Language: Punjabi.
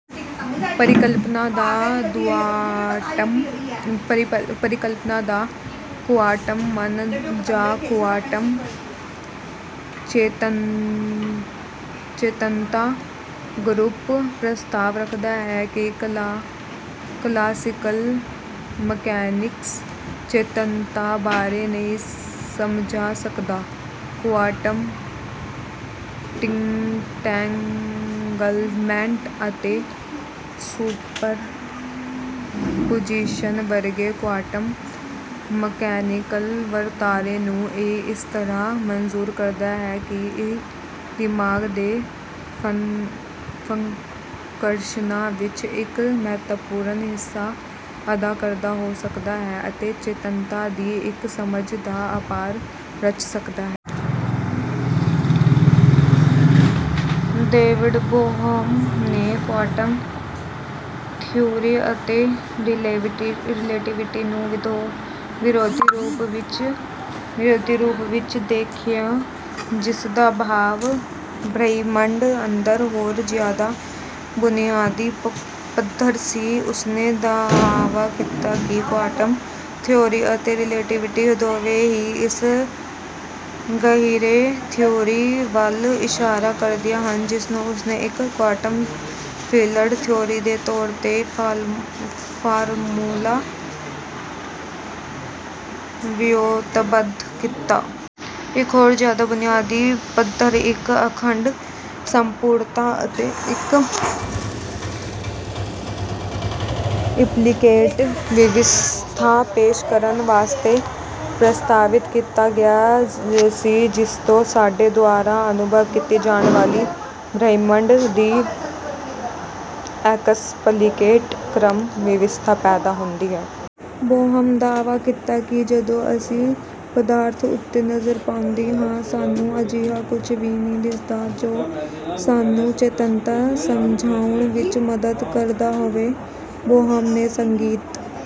ਪਰਿਕਲਪਨਾ ਦਾ ਕੁਆਂਟਮ ਮਨ ਜਾਂ ਕੁਆਂਟਮ ਚੇਤੰਨਤਾ ਗਰੁੱਪ ਪ੍ਰਸਤਾਵ ਰੱਖਦਾ ਹੈ ਕਿ ਕਲਾਸੀਕਲ ਮਕੈਨਿਕਸ ਚੇਤੰਨਤਾ ਬਾਰੇ ਨਹੀਂ ਸਮਝਾ ਸਕਦਾ। ਕੁਆਂਟਮ ਇੰਟੈਂਗਲਮੈਂਟ ਅਤੇ ਸੁਪਰਪੁਜੀਸ਼ਨ ਵਰਗੇ ਕੁਆਂਟਮ ਮਕੈਨੀਕਲ ਵਰਤਾਰੇ ਨੂੰ ਇਹ ਇਸ ਤਰਾਂ ਮਨਜ਼ੂਰ ਕਰਦਾ ਹੈ ਕਿ ਇਹ ਦਿਮਾਗ ਦੇ ਫੰਕਸ਼ਨਾਂ ਵਿੱਚ ਇੱਕ ਮਹੱਤਵਪੂਰਨ ਹਿੱਸਾ ਅਦਾ ਕਰਦਾ ਹੋ ਸਕਦਾ ਹੈ ਅਤੇ ਚੇਤੰਨਤਾ ਦੀ ਇੱਕ ਸਮਝ ਦਾ ਅਧਾਰ ਰਚ ਸਕਦਾ ਹੈ। ਡੇਵਿਡ ਬੋਹਮ ਨੇ ਕੁਆਂਟਮ ਥਿਊਰੀ ਅਤੇ ਰਿਲੇਟੀਵਿਟੀ ਨੂੰ ਵਿਰੋਧੀ ਰੂਪ ਵਿੱਚ ਦੇਖਿਆ ਜਿਸਦਾ ਭਾਵ ਬ੍ਰਹਿਮੰਡ ਅੰਦਰ ਹੋਰ ਜਿਆਦਾ ਬੁਨਿਆਦੀ ਪੱਧਰ ਸੀ। ਉਸਨੇ ਦਾਅਵਾ ਕੀਤਾ ਕਿ ਕੁਆਂਟਮ ਥਿਊਰੀ ਅਤੇ ਰਿਲੇਟੀਵਿਟੀ ਦੋਵੇਂ ਹੀ ਇਸ ਗਹਿਰੀ ਥਿਊਰੀ ਵੱਲ ਇਸ਼ਾਰਾ ਕਰਦੀਆਂ ਹਨ ਜਿਸਨੂੰ ਉਸਨੇ ਇੱਕ ਕੁਆਂਟਮ ਫੀਲਡ ਥਿਊਰੀ ਦੇ ਤੌਰ ਤੇ ਫਾਰਮੂਲਾ ਵਿਓਂਤਬੱਧ ਕੀਤਾ। ਇਹ ਹੋਰ ਜਿਆਦਾ ਬੁਨਿਆਦੀ ਪੱਧਰ ਇੱਕ ਅਖੰਡ ਸੰਪੂਰਣਤਾ ਅਤੇ ਇੱਕ ਇੰਪਲੀਕੇਟ ਵਿਵਸਥਾ ਪੇਸ਼ ਕਰਨ ਵਾਸਤੇ ਪ੍ਰਸਤਾਵਿਤ ਕੀਤਾ ਗਿਆ ਸੀ ਜਿਸਤੋਂ ਸਾਡੇ ਦੁਆਰਾ ਅਨੁਭਵ ਕੀਤੀ ਜਾਣ ਵਾਲੀ ਬ੍ਰਹਿਮੰਡ ਦੀ ਐਕਸਪਲੀਕੇਟ ਕ੍ਰਮ ਵਿਵਸਥਾ ਪੈਦਾ ਹੁੰਦੀ ਹੈ। ਬੋਹਮ ਦਾਅਵਾ ਕੀਤਾ ਕਿ ਜਦੋਂ ਅਸੀਂ ਪਦਾਰਥ ਉੱਤੇ ਨਜ਼ਰ ਪਾਉਂਦੇ ਹਾਂ ਸਾਨੂੰ ਅਜਿਹਾ ਕੁੱਝ ਵੀ ਨਹੀਂ ਦਿਸਦਾ ਜੋ ਸਾਨੂੰ ਚੇਤਨੰਤਾ ਸਮਝਾਉਣ ਵਿੱਚ ਮੱਦਦ ਕਰਦਾ ਹੋਵੇ। ਬੋਹਮ ਨੇ ਸੰਗੀਤ